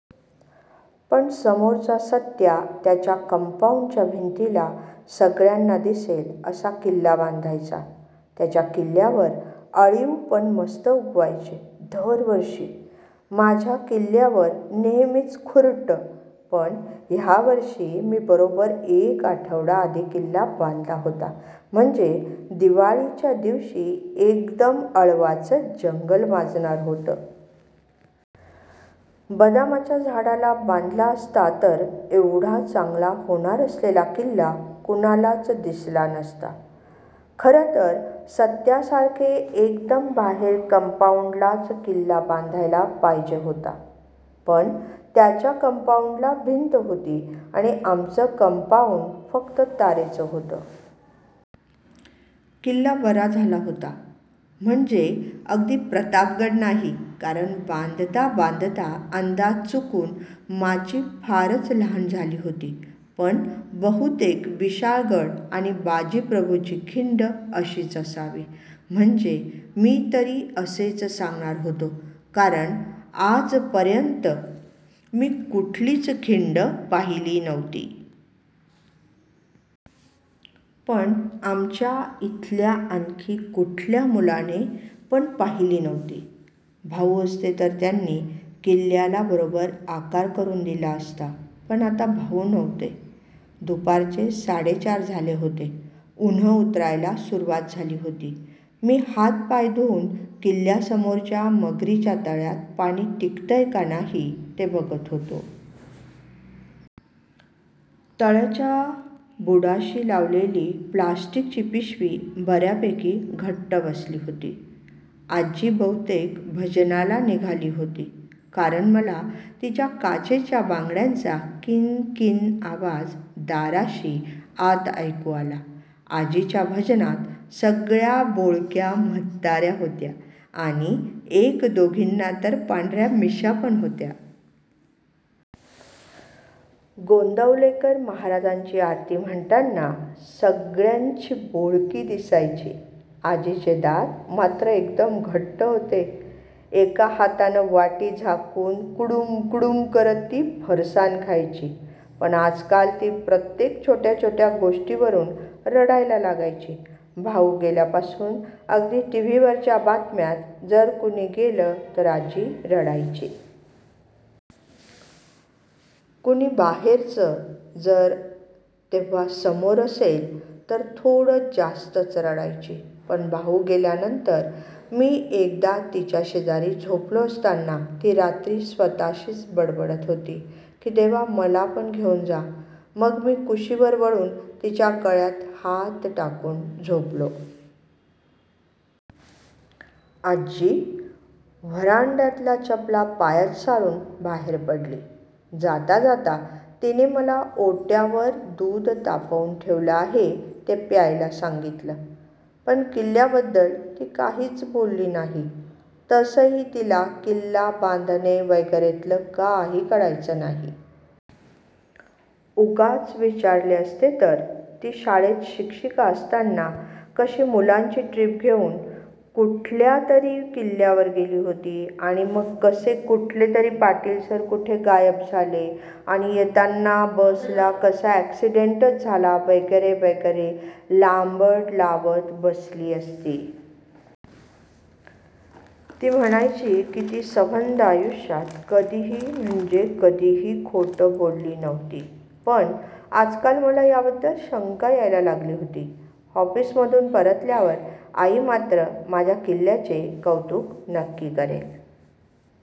पण समोरचा सत्या त्यांच्या कांपाउंडच्या भिंतीला, सगळ्यांना दिसेल असा किल्ला बांधायचा. त्याच्या किल्ल्यावर अळीव पण मस्त उगवायचे दरवर्षी. माझ्या किल्ल्यावर नेहेमीच खुरटं. पण ह्यावर्षी मी बरोबर एक आठवडा आधी किल्ला बांधला होता, म्हणजे दिवाळीच्या दिवशी एकदम अळवाचं जंगल माजणार होतं. बदामाच्या झाडाला बांधला असता तर एव्हडा चांगला होणार असलेला किल्ला कुणालाच दिसला नसता. खरं तर सत्यासारखे एकदम बाहेर कांपाउंडलाच किल्ला बांधायला पाह्यजे होता. पण त्यांच्या कांपाउंडला भिंतं होती आणि आमचं कांपाउंड फक्त तारेचं होतं. किल्ला बरा झाला होता. म्हणजे अगदी प्रतापगड नाही. कारण बांधता बांधता अंदाज चुकुन माची फारच लहान झाली होती. पण बहुतेक विशाळगड आणि बाजीप्रभुची खिंड अशीच असावी. म्हणजे मी तरी असेच सांगणार होतो. कारण आजपर्यंत मी कुठलीच खिंड पाहिली नव्हती. पण आमच्या इथल्या आणखी कुठल्या मुलाने पण पाहिली नव्हती. भाउ असते तर त्यांनी किल्ल्याला बरोबर आकार करुन दिला असता. पण आता भाउ नव्हते. दुपारचे साडेचार झाले होते. उन्हं उतरायला सुरुवात झाली होती. मी हात्-पाय धुवुन किल्ल्यासमोरच्या मगरीच्या तळ्यात पाणी टिकतय का नाही ते बघत होतो. तळ्याच्या बुडाशी लावलेली प्लास्टिकची पिशवी बर्यापैकी घट्ट बसली होती. आजी बहुतेक भजनाला निघाली होती. कारण मला तिच्या काचेच्या बांगड्यांचा किण-किण आवाज दाराशी आत ऐकु आला. आजीच्या भजनात सगळ्या बोळक्या म्हातार्या होत्या. आणि एक-दोघीना तर पांढर्या मिश्या पण होत्या. गोंदवलेकर महाराजांची आरती म्हणताना सगळ्यांची बोळकी दिसायची. आजीचे दात मात्र एकदम घट्ट होते. एका हातानं वाटी झाकुन कुडुम कुडुम करत ती फरसाण खायची. पण आजकाल ती प्रत्येक छोट्या-छोट्या गोष्टीवरून रडायला लागायची. भाउ गेल्यापासुन, अगदी टीव्हीवरच्या बातम्यात जरी कुणी गेलं तरी आजी रडायची. कोणी बाहेरचं जर तेव्हा समोर असेल तर थोडं जास्तच रडायची. पण भाउ गेल्यानंतर मी एकदा तिच्याशेजारी झोपलो असताना, ती रात्री स्वतःशीच बडबडत होती की देवा मला पण घेवून जा. मग मी कुशीवर वळुन तिच्या गळ्यात हात टाकुन झोपलो. आजी व्हरांड्यातल्या चपला पायात सारुन बाहेर पडली. जाता जाता तिनं मला ओट्यावर दूध तापवून ठेवलं आहे ते प्यायला सांगितलं. पण किल्ल्याबद्दल ती काहीच बोलली नाही. तसंही तिला किल्ला बांधणे वगैरेतले काही कळायचे नाही. उगाच विचारले असते तर, ती शाळेत शिक्षीका असताना कशी मुलांची ट्रिप घेवून कुठल्यातरी किल्ल्यावर गेली होती आणि मग कसे कुठलेतरी पाटील सर कुठे गायब झाले, आणि येताना बसला कसा अक्सिडेंटच झाला वगैरे वगैरे लांबड लावत बसली असती. ती म्हणायची की ती सबंध आयुष्यात कधीही, म्हणजे कधीही खोटं बोलली नव्हती. पण आजकाल मला याबद्दल शंका यायला लागली होती. ऑफिसमधून परतल्यावर आई मात्र माझ्या किल्ल्याचे कौतुक नक्की करेल